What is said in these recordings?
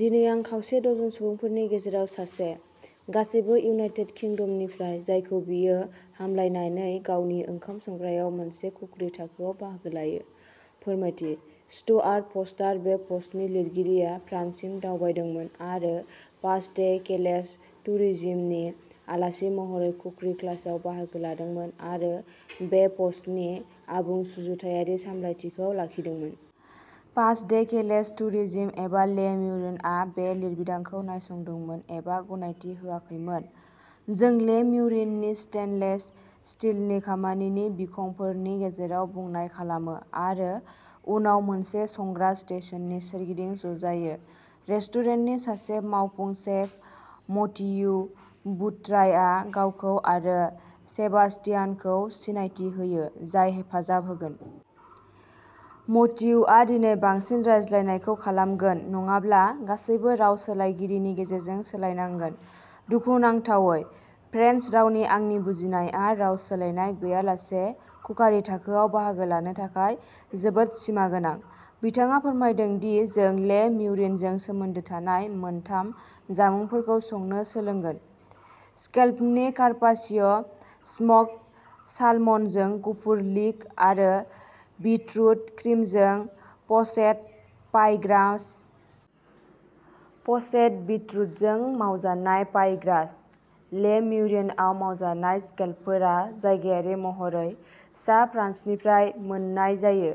दिनै आं खावसे डजन सुबुंफोरनि गेजेराव सासे, गासैबो इउनाइटेड किंडमनिफ्राय, जायखौ बियो हामलायनानै गावनि ओंखाम संग्रायाव मोनसे कुकरी थाखोआव बाहागो लायो। फोरमायथिः स्टुआर्ट फ'र्स्टार, बे पस्टनि लिरगिरिया, फ्रान्ससिम दावबायदोंमोन आरो पास डे केलेस टुरिजिमनि आलासि महरै कुकरी क्लासआव बाहागो लादोंमोन आरो बे पोस्टनि आबुं सुजुथायारि सामलायथिखौ लाखिदोंमोन। पास डे केलेस टुरिजिम एबा ले म्युरिनआ बे लिरबिदांखौ नायसंदोंमोन एबा गनायथि होआखैमोन। जों ले म्युरिननि स्टेइनलेस स्टीलनि खामानिनि बिखंफोरनि गेजेराव बुनाय खालामो आरो उनाव मोनसे संग्रा स्टेशननि सोरगिदिं ज'जायो। रेस्टुरेन्टनि सासे मावफुं सेफ मथियु बुट्रायआ गावखौ आरो सेबास्तियानखौ सिनायथि होयो, जाय हेफाजाब होगोन। मथियुआ दिनै बांसिन रायज्लायनायखौ खालामगोन, नङाब्ला गासैबो राव सोलायगिरिनि गेजेरजों सोलायनांगोन। दुखुनांथावै, फ्रेन्स रावनि आंनि बुजिनायआ राव सोलायनाय गैयालासे कुकारि थाखोआव बाहागो लानो थाखाय जोबोद सिमागोनां। बिथाङा फोरमायो दि जों ले म्युरिनजों सोमोन्दो थानाय मोनथाम जामुंफोरखौ संनो सोलोंगोनः स्कैलपनि कार्पाचियो, स्मोक्ड सालमनजों गुफुर लिक आरो बिटरुट क्रिमजों प'चेद फ'ई ग्रास। प'चेद बिटरुटजों मावजानाय फ'ई ग्रास। ले म्युरिनआव मावजानाय स्कैलपफोरा जायगायारि महरै, सा फ्रान्सनिफ्राय मोन्नाय जायो।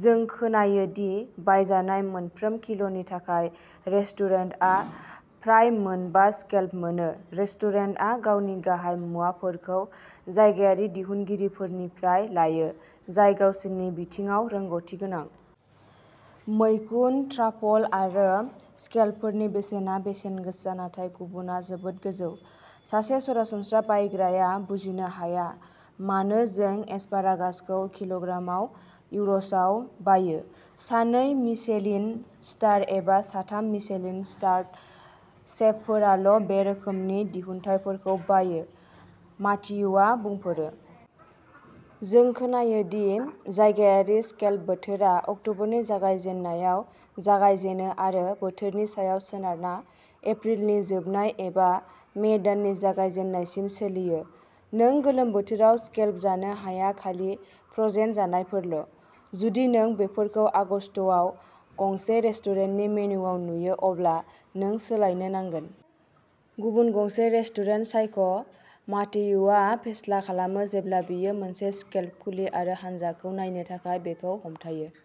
जों खोनायो दि बायजानाय मोनफ्रोम किल'नि थाखाय रेस्टुरेन्टआ फ्राय मोनबा स्कैलप मोनो। रेस्टुरेन्टआ गावनि गाहाय मुवाफोरखौ जायगायारि दिहुनगिरिफोरनिफ्राय लायो, जाय गावसोरनि बिथिङाव रोंग'थि गोनां। "मैखुन, ट्राफल आरो स्कैलपफोरनि बेसेना बेसेन गोसा नाथाय गुनआ जोबोद गोजौ। सासे सरासनस्रा बायग्राया बुजिनो हाया मानो जों एसपारागासखौ किल'ग्रामाव इउर'सोआव बायो। सानै मिशेलिन-स्टार एबा साथाम मिशेलिन-स्टारड सेफफोराल'बे रोखोमनि दिहुनथायफोरखौ बायो", माथेयुआ बुंफोरो। जों खोनायो दि जायगायारि स्कैलप बोथोरा। अक्ट'बरनि जागायजेन्नायाव जागायजेनो आरो बोथोरनि सायाव सोनारना एप्रिलनि जोबनाय एबा मे दाननि जागायजेन्नायसिम सोलियो। "नों गोलोम बोथोराव स्कैलप जानो हाया-खालि फ्र'जेन जानायफोरल'। जुदि नों बेफोरखौ आगस्तआव गंसे रेस्टुरेन्टनि मेनुवाव नुयो, अब्ला नों सोलायनो नांगोन! गुबुन गंसे रेस्टुरेन्ट सायख'", माथेयुआ फेस्ला खालामो जेब्ला बियो मोनसे स्कैलप खुलि आरो हानजाखौ नायनो थाखाय बेखौ हमथायो।